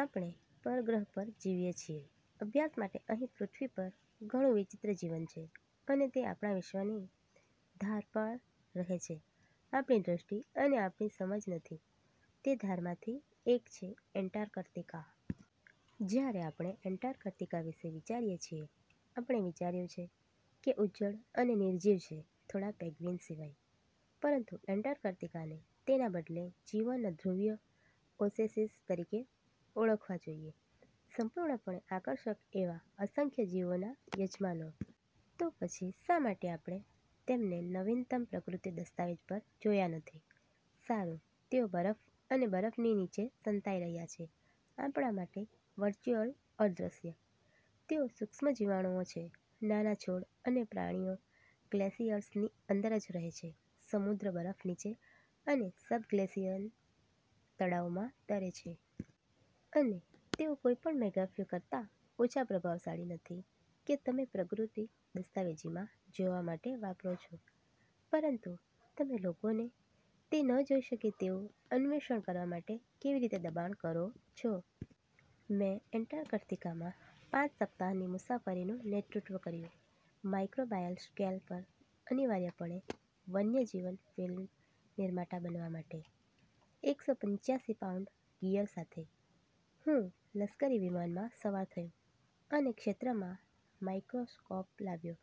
આપણે પરગ્રહ પર જીવીએ છીએ. અભ્યાસ માટે અહીં પૃથ્વી પર ઘણું વિચિત્ર જીવન છે, અને તે આપણા વિશ્વની ધાર પર રહે છે, આપણી દૃષ્ટિ અને આપણી સમજ થી. તે ધારમાંથી એક છે એન્ટાર્કટિકા. જ્યારે આપણે એન્ટાર્કટિકા વિશે વિચારીએ છીએ, આપણે વિચાર્યું છે કે જે ઉજ્જડ અને નિર્જીવ છે... થોડા પેન્ગ્વિન સિવાય. પરંતુ એન્ટાર્કટિકાને તેના બદલે જીવનના ધ્રુવીય ઓએસિસ તરીકે ઓળખવા જોઈએ, સંપૂર્ણપણે આકર્ષક એવા અસંખ્ય જીવોના યજમાનો. તો પછી શા માટે આપણે તેમને નવીનતમ પ્રકૃતિ દસ્તાવેજ પર જોયા નથી? સારું, તેઓ બરફ અને બરફની નીચે સંતાઈ રહ્યા છે. આપણા માટે વર્ચ્યુઅલ અદ્રશ્ય. તેઓ સુક્ષ્મજીવાણુઓ છે: નાના છોડ અને પ્રાણીઓ ગ્લેસિયર્સની અંદર જ રહે છે, સમુદ્ર બરફ નીચે અને સબગ્લેશિયલ તળાવોમાં તરે છે. અને તેઓ કોઈપણ મેગાફ્યુ કરતા ઓછા પ્રભાવશાળી નથી કે તમે પ્રકૃતિ દસ્તાવેજી માં જોવા માટે વાપરો છો. પરંતુ તમે લોકોને તે ન જોઈ શકે તેવું અન્વેષણ કરવા માટે કેવી રીતે દબાણ કરો છો? મેં એન્ટાર્કટિકામાં પાંચ સપ્તાહની મુસાફરીનું નેતૃત્વ કર્યું માઇક્રોબાયલ સ્કેલ પર અનિવાર્યપણે વન્યજીવન ફિલ્મ નિર્માતા બનવા માટે. એકસો પંચ્યાસી પાઉન્ડ ગિયર સાથે, હું લશ્કરી વિમાનમાં સવાર થયો અને ક્ષેત્રમાં માઇક્રોસ્કોપ લાવ્યો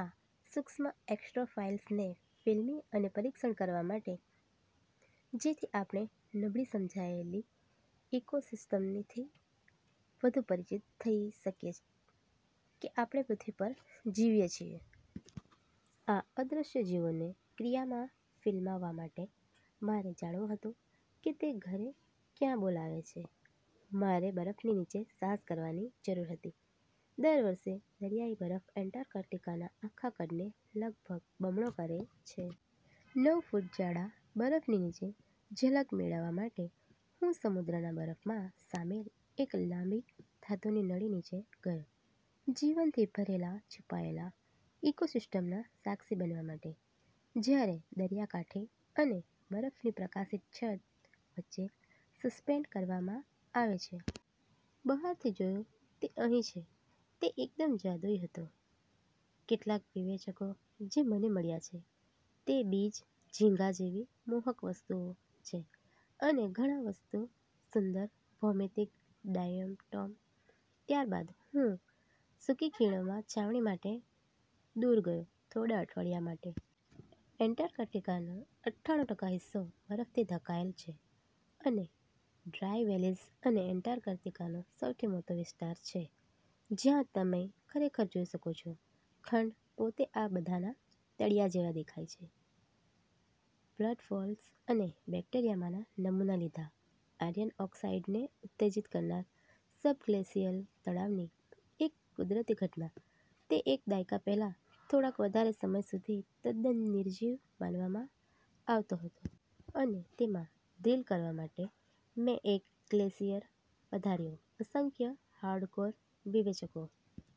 આ સૂક્ષ્મ એક્સ્ટ્રોફાઇલ્સને ફિલ્મી અને પરીક્ષણ કરવા માટે, જેથી આપણે નબળી સમજાયેલી ઇકોસિસ્ટમથી વધુ પરિચિત થઈ શકીએ કે આપણે પૃથ્વી પર જીવીએ છીએ. આ અદ્રશ્ય જીવોને ક્રિયામાં ફિલ્માવવા માટે, મારે જાણવું હતું કે તે ઘરે ક્યાં બોલાવે છે મારે બરફની નીચે સાહસ કરવાની જરૂર હતી. દર વર્ષે, દરિયાઈ બરફ એન્ટાર્કટિકાના આખા કદને લગભગ બમણો કરે છે. નવ ફૂટ જાડા બરફની નીચે ઝલક મેળવવા માટે, હું સમુદ્રના બરફમાં શામેલ એક લાંબી, ધાતુની નળી નીચે ગયો જીવનથી ભરેલા છુપાયેલા ઇકોસિસ્ટમના સાક્ષી બનવા માટે, જ્યારે દરિયાકાંઠે અને બરફની પ્રકાશિત છત વચ્ચે સસ્પેન્ડ કરવામાં આવે છે. બહારથી જોયું તે અહીં છે. તે એકદમ જાદુઈ હતો. કેટલાક વિવેચકો જે મને મળ્યાં છે તે બીજ ઝીંગા જેવી મોહક વસ્તુઓ છે અને ઘણા વધુ સુંદર, ભૌમિતિક ડાયટોમ. ત્યારબાદ હું સુકી ખીણોમાં છાવણી કરવા માટે દૂર ગયો થોડા અઠવાડિયા માટે. એન્ટાર્કટિકાનો અઠ્ઠાણું ટકા હિસ્સો બરફથી ઢંકાયેલ છે અને ડ્રાય વેલીઝ એ એન્ટાર્કટિકાનો સૌથી મોટો વિસ્તાર છે જ્યાં તમે ખરેખર જોઈ શકો છો ખંડ પોતે આ બધાના તળિયા જેવા દેખાય છે? બ્લડફોલ્સ પર બેક્ટેરિયાના નમૂના લીધાં, આયર્ન ઓકસાઈડને ઉત્તેજીત કરનાર સબગ્લેશિયલ તળાવની એક કુદરતી ઘટના તે એક દાયકા પહેલાં થોડાક વધારે સમય સુધી તદ્દન નિર્જીવ માનવામાં આવતો હતો. અને તેમાં ડ્રીલ કરવા માટે મેં એક ગ્લેશિયર વધાર્યો, અસંખ્ય, હાર્ડકોર વિવેચકો